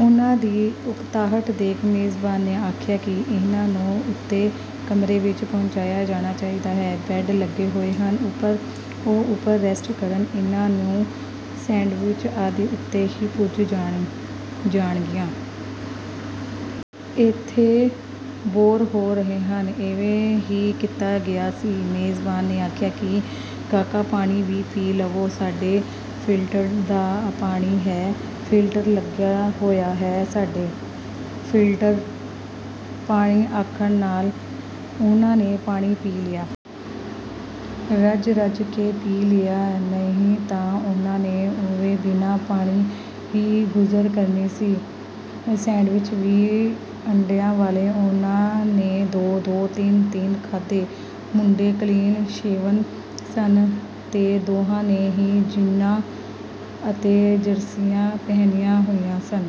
ਉਹਨਾਂ ਦੀ ਉਕਤਾਹਟ ਦੇਖ, ਮੇਜ਼ਬਾਨ ਨੇ ਆਖਿਆ ਕਿ ਇਹਨਾਂ ਨੂੰ ਉਤੇ ਕਮਰੇ ਵਿਚ ਪਹੁੰਚਾਇਆ ਜਾਣਾ ਚਾਹੀਦਾ ਹੈ। ਬੈਡ ਲੱਗੇ ਹੋਏ ਹਨ ਉਪਰ। ਉਹ ਉਪਰ ਰੈਸਟ ਕਰਨ। ਇਹਨਾਂ ਨੂੰ ਸ਼ੈਂਡਵਿੱਚ ਆਦਿ ਉਤੇ ਹੀ ਪੁੱਜ ਜਾਣਗੀਆਂ। ਏਥੇ ਬੋਰ ਹੋ ਰਹੇ ਹਨ। ਇਵੇਂ ਹੀ ਕੀਤਾ ਗਿਆ ਸੀ। ਮੇਜ਼ਬਾਨ ਨੇ ਆਖਿਆ ਕਿ ਕਾਕਾ ਪਾਣੀ ਵੀ ਪੀ ਲਵੋ। ਸਾਡੇ ਫਿਲਟਰਡ ਪਾਣੀ ਹੈ। ਫਿਲਟਰ ਲੱਗਾ ਹੋਇਆ ਹੈ ਸਾਡੇ। ਫਿਲਟਰਡ ਪਾਣੀ ਆਖਣ ਨਾਲ ਉਹਨਾਂ ਨੇ ਪਾਣੀ ਪੀ ਲਿਆ। ਰੱਜ ਰੱਜ ਕੇ ਪੀ ਲਿਆ। ਨਹੀਂ ਤਾਂ ਉਹਨਾਂ ਨੇ ਉਵੇਂ ਬਿਨਾਂ ਪਾਣੀ ਹੀ ਗੁਜ਼ਰ ਕਰਨੀ ਸੀ। ਸੈਂਡਵਿਚ ਵੀ ਅੰਡਿਆਂ ਵਾਲੇ ਉਹਨਾਂ ਨੇ ਦੋ-ਦੋ, ਤਿੰਨ-ਤਿੰਨ ਖਾਧੇ। ਮੁੰਡੇ ਕਲੀਨ ਸ਼ੇਵਨ ਸਨ ਤੇ ਦੋਹਾਂ ਨੇ ਹੀ ਜੀਨਾਂ ਅਤੇ ਜਰਸੀਆਂ ਪਹਿਨੀਆਂ ਹੋਈਆਂ ਸਨ।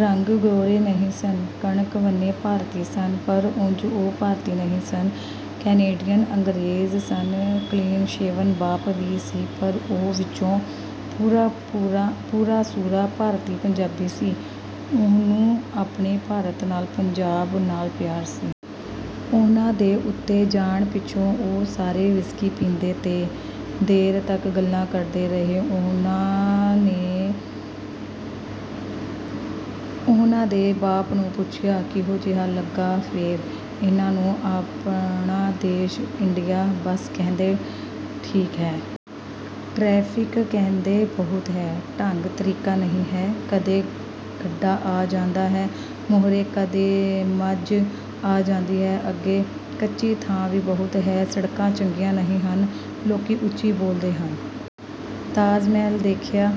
ਰੰਗ ਗੋਰੇ ਨਹੀਂ ਸਨ। ਕਣਕਵੰਨੇ ਭਾਰਤੀ ਸਨ ਪਰ ਉਂਝ ਉਹ ਭਾਰਤੀ ਨਹੀਂ ਸਨ। ਕੈਨੇਡੀਅਨ ਅੰਗਰੇਜ਼ ਸਨ। ਕਲੀਨ ਸ਼ੇਵਨ ਬਾਪ ਵੀ ਸੀ ਪਰ ਉਹ ਵਿਚੋਂ ਪੂਰਾ-ਸੂਰਾ ਭਾਰਤੀ ਪੰਜਾਬੀ ਸੀ। ਉਹਨੂੰ ਆਪਣੇ ਭਾਰਤ ਨਾਲ, ਪੰਜਾਬ ਨਾਲ ਪਿਆਰ ਸੀ। ਉਹਨਾਂ ਦੇ ਉਤੇ ਜਾਣ ਪਿਛੋਂ ਉਹ ਸਾਰੇ ਵਿਸਕੀ ਪੀਂਦੇ ਤੇ ਦੇਰ ਤੱਕ ਗੱਲਾਂ ਕਰਦੇ ਰਹੇ। ਉਹਨਾਂ ਨੇ ਉਹਨਾਂ ਦੇ ਬਾਪ ਨੂੰ ਪੁੱਛਿਆ। "ਕਿਹੋ ਜਿਹਾ ਲੱਗਾ ਫੇਰ। ਇਹਨਾਂ ਨੂੰ ਆਪਣਾ ਦੇਸ਼, ਇੰਡੀਆ? " 'ਬਸ, ਕਹਿੰਦੇ ਠੀਕ ਹੈ। ਟਰੈਫਿਕ ਕਹਿੰਦੇ ਬਹੁਤ ਹੈ। ਢੰਗ ਤਰੀਕਾ ਨਹੀਂ ਹੈ। ਕਦੇ ਗੱਡਾ ਆ ਜਾਂਦਾ ਹੈ, ਮੂਹਰੇ, ਕਦੇ ਮੱਝ ਆ ਜਾਂਦੀ ਹੈ ਅੱਗੇ। ਕੱਚੀ ਥਾਂ ਵੀ ਬਹੁਤ ਹੈ। ਸੜਕਾਂ ਚੰਗੀਆਂ ਨਹੀਂ ਹਨ। ਲੋਕੀਂ ਉਚੀ ਬੋਲਦੇ ਹਨ। "ਤਾਜ਼ ਮਹਲ ਦੇਖਿਆ?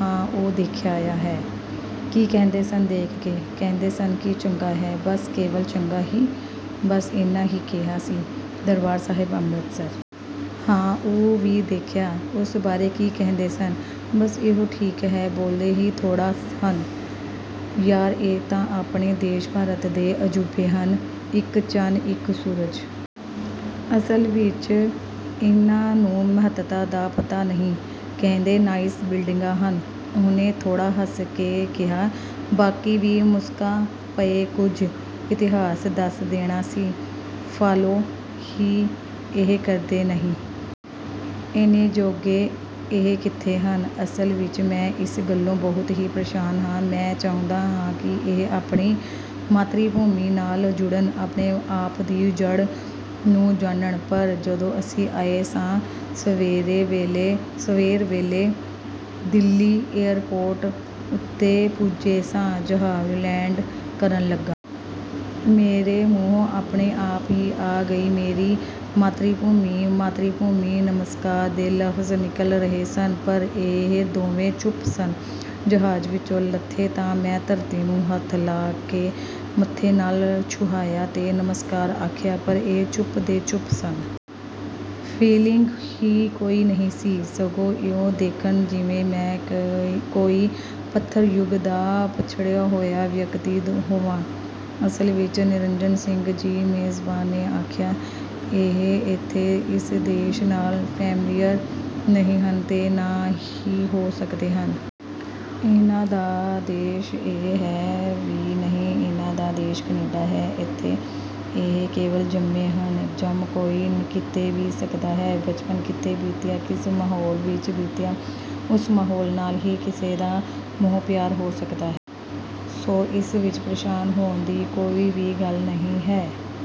"ਹਾਂ, ਉਹ ਦਿਖਾਇਆ ਹੈ। " "ਕੀ ਕਹਿੰਦੇ ਸਨ ਦੇਖ ਕੇ? " "ਕਹਿੰਦੇ ਸਨ ਕਿ ਚੰਗਾ ਹੈ। " "ਬੱਸ, ਕੇਵਲ ਚੰਗਾ ਹੀ? " "ਬੱਸ, ਏਨਾ ਹੀ ਕਿਹਾ ਸੀ? " "ਦਰਬਾਰ ਸਾਹਿਬ ਅੰਮ੍ਰਿਤਸਰ? " "ਹਾਂ, ਉਹ ਵੀ ਦੇਖਿਆ। " 'ਉਸ ਬਾਰੇ ਕੀ ਕਹਿੰਦੇ ਸਨ? " "ਬੱਸ, ਇਹੋ ਠੀਕ ਹੈ। ਬੋਲਦੇ ਹੀ ਥੋੜ੍ਹਾ ਹਨ। " "ਯਾਰ ਇਹ ਤਾਂ ਆਪਣੇ ਦੇਸ਼ ਭਾਰਤ ਦੇ ਅਜੂਬੇ ਹਨ। ਇਕ ਚੰਨ, ਇਕ ਸੂਰਜ। " "ਅਸਲ ਵਿਚ ਇਹਨਾਂ ਨੂੰ ਮਹੱਤਤਾ ਦਾ ਪਤਾ ਨਹੀਂ। ਕਹਿੰਦੇ ਨਾਈਸ ਬਿਲਡਿੰਗਾਂ ਹਨ। " ਉਹਨੇ ਥੋੜ੍ਹਾ ਹੱਸ ਕੇ ਕਿਹਾ। ਬਾਕੀ ਵੀ ਮੁਸਕਾ ਪਏ ਕੁਝ। "ਇਤਿਹਾਸ ਦੱਸ ਦੇਣਾ ਸੀ? " "ਫਾਲੋ ਹੀ ਇਹ ਕਰਦੇ ਨਹੀਂ। ਏਨੇ ਜੋਗੇ ਇਹ ਕਿੱਥੇ ਹਨ। ਅਸਲ ਵਿਚ ਮੈਂ ਇਸ ਗੱਲੋਂ ਬਹੁਤ ਹੀ ਪ੍ਰੇਸ਼ਾਨ ਹਾਂ। ਮੈਂ ਚਾਹੁੰਦਾ ਹਾਂ ਕਿ ਇਹ ਆਪਣੀ ਮਾਤ੍ਰੀ ਭੂਮੀ ਨਾਲ ਜੁੜਨ। ਆਪਣੇ-ਆਪ ਦੀ ਜੜ੍ਹ ਨੂੰ ਜਾਨਣ। ਪਰ… ਜਦੋਂ ਅਸੀਂ ਆਏ ਸਾਂ, ਸਵੇਰ ਵੇਲੇ ਦਿੱਲੀ ਏਅਰਪੋਰਟ ਉਤੇ ਪੁੱਜੇ ਸਾਂ, ਜਹਾਜ ਲੈਂਡ ਕਰਨ ਲੱਗਾ। ਮੇਰੇ ਮੂੰਹੋਂ ਆਪਣੇ ਆਪ ਹੀ ਆ ਗਈ ਮੇਰੀ ਮਾਤ੍ਰੀ-ਭੂਮੀ, ਮਾਤ੍ਰੀ ਭੂਮੀ ਨਮਸਕਾਰ' ਦੇ ਲਫਜ਼ ਨਿਕਲ ਰਹੇ ਸਨ ਪਰ ਇਹ ਦੋਵੇਂ ਚੁੱਪ ਸਨ। ਜਹਾਜ ਵਿਚੋਂ ਲੱਥੇ ਤਾਂ ਮੈਂ ਧਰਤੀ ਨੂੰ ਹੱਥ ਲਾ ਕੇ ਮੱਥੇ ਨਾਲ ਛੁਹਾਇਆ ਤੇ ਨਮਸਕਾਰ ਆਖਿਆ ਪਰ ਇਹ ਚੁੱਪ ਦੇ ਚੁੱਪ ਸਨ। ਫੀਲਿੰਗ ਹੀ ਕੋਈ ਨਹੀਂ ਸੀ। ਸਗੋਂ ਇਉਂ ਦੇਖਣ ਜਿਵੇਂ ਮੈਂ ਕੋਈ ਪੱਥਰ-ਯੁੱਗ ਦਾ ਪਛੜਿਆ ਹੋਇਆ ਵਿਅਕਤੀ ਹੋਵਾਂ। " "ਅਸਲ ਵਿਚ, ਨਿਰੰਜਣ ਸਿੰਘ ਜੀ", ਮੇਜ਼ਬਾਨ ਨੇ ਆਖਿਆ, "ਇਹ ਏਥੇ ਇਸ ਦੇਸ਼ ਨਾਲ ਫ਼ੈਮੀਲੀਅਰ ਨਹੀਂ ਹਨ ਤੇ ਨਾ ਹੀ ਹੋ ਸਕਦੇ ਹਨ। ਇਹਨਾਂ ਦਾ ਦੇਸ਼ ਇਹ ਹੈ ਵੀ ਨਹੀਂ। ਇਹਨਾਂ ਦਾ ਦੇਸ਼ ਕੈਨੇਡਾ ਹੈ। ਏਥੇ ਇਹ ਕੇਵਲ ਜੰਮੇ ਹਨ। ਜੰਮ ਕੋਈ ਕਿਤੇ ਵੀ ਸਕਦਾ ਹੈ। ਬਚਪਨ ਕਿਥੇ ਬੀਤਿਆ, ਕਿਸ ਮਾਹੌਲ ਵਿਚ ਬੀਤਿਆ, ਉਸ ਮਾਹੌਲ ਨਾਲ ਹੀ ਕਿਸੇ ਦਾ ਮੋਹ-ਪਿਆਰ ਹੋ ਸਕਦਾ ਹੈ। ਸੋ, ਇਸ ਵਿਚ ਪ੍ਰੇਸ਼ਾਨ ਹੋਣ ਦੀ ਕੋਈ ਵੀ ਗੱਲ ਨਹੀਂ ਹੈ।